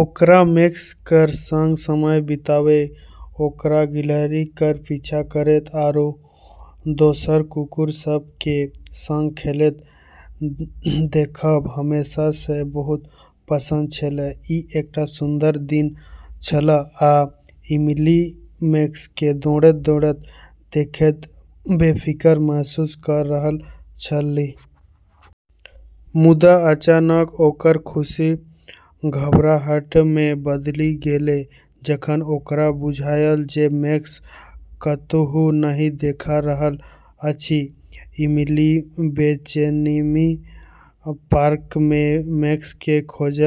ओकरा मैक्स केर संग समय बिताबै, ओकरा गिलहरी केर पीछा करैत आरू दोसर कुकुर सभ केर संग खेलैत देखब हमेशासँ बहुत पसंद छेलै। ई एकटा सुन्दर दिन छल, आ एमिली मैक्सकेँ दौड़ैत-दौड़ैत देखैत बेफिक्र महसूस कऽ रहल छलीह। मुदा अचानक ओकर खुशी घबराहटिमे बदलि गेलै जखन ओकरा बुझायल जे मैक्स कतहु नहि देखा रहल अछि। एमिली बेचैनीमे पार्कमे मैक्सकेँ खोज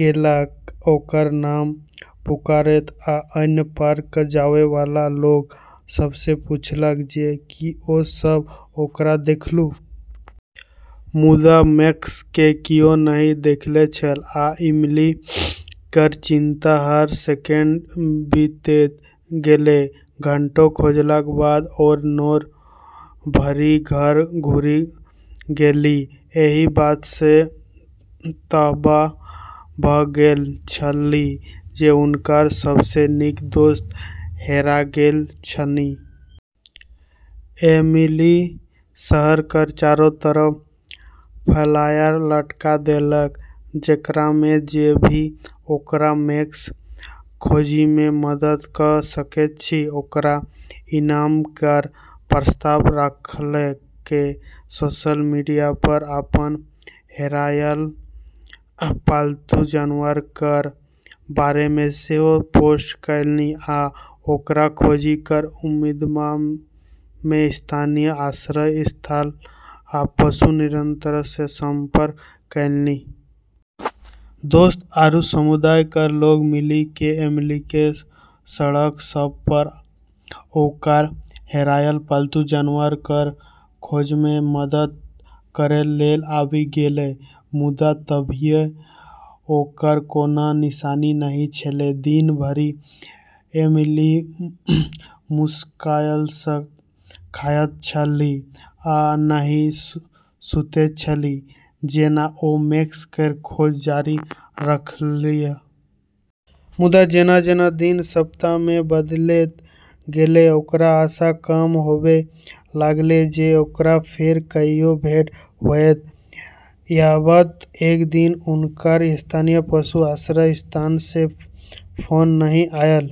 केलक, ओकर नाम पुकारैत आ अन्य पार्क जाबैवाला लोक सभसँ पूछलक जे की ओ सभ ओकरा देखलहुँ। मुदा मैक्सकेँ कियो नहि देखने छल, आ एमिली केर चिंता हर सेकेंड बीतैत गेलै। घंटों खोजलाक बाद ओ नोर भरि घर घुरि गेलीह, एहि बातसँ तबाह भऽ गेल छलीह जे हुनकर सबसँ नीक दोस्त हेरा गेल छनि। एमिली शहर केर चारो तरफ फ्लायर लटका देलकै, जेकरामे जे भी ओकरा मैक्स खोजैमे मदद कऽ सकैत छै ओकरा इनाम केर प्रस्ताव रखलकै। सोशल मीडियापर अपन हेरायल पालतू जानवर केर बारेमे सेहो पोस्ट केलनि आ ओकरा खोजै केर उम्मीदमे स्थानीय आश्रय स्थल आ पशु नियंत्रणसँ संपर्क केलनि। दोस्त आरू समुदाय केर लोक मिलि कऽ एमिलीकेँ सड़क सभपर ओकर हेरायल पालतू जानवर केर खोजमे मदद करै लेल आबि गेलै, मुदा तभियो ओकर कोनो निशानी नहि छेलै। दिन भरि एमिली मुश्किलसँ खाइत छलीह आ नहि सुतैत छलीह जेना ओ मैक्स केर खोज जारी रखलीह। मुदा जेना-जेना दिन सप्ताहमे बदलैत गेलै, ओकरा आशा कम होबै लागलै जे ओकरा फेर कहियो भेट होएत। याबत एक दिन हुनका स्थानीय पशु आश्रय स्थलसँ फोन नहि आयल।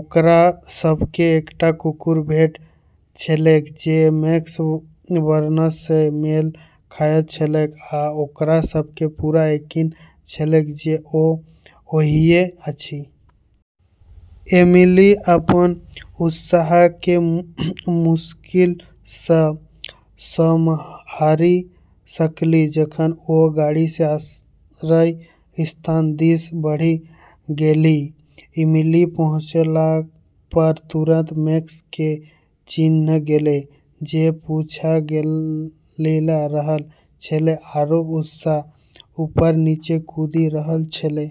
ओकरा सभकेँ एकटा कुकुर भेटल छलैक जे मैक्सक वर्णनसँ मेल खाइत छलैक, आ ओकरा सभकेँ पूरा यकीन छलैक जे ओ ओएह अछि। एमिली अपन उत्साहकेँ मुश्किलसँ सम्हारि सकलीह जखन ओ गाड़ीसँ आश्रय स्थल दिस बढ़ि गेलीह। एमिली पहुँचलापर तुरंत मैक्सकेँ चिन्हि गेलै, जे पूँछ हिला रहल छेलै आरू उत्साहसँ ऊपर-नीचे कूदि रहल छेलै।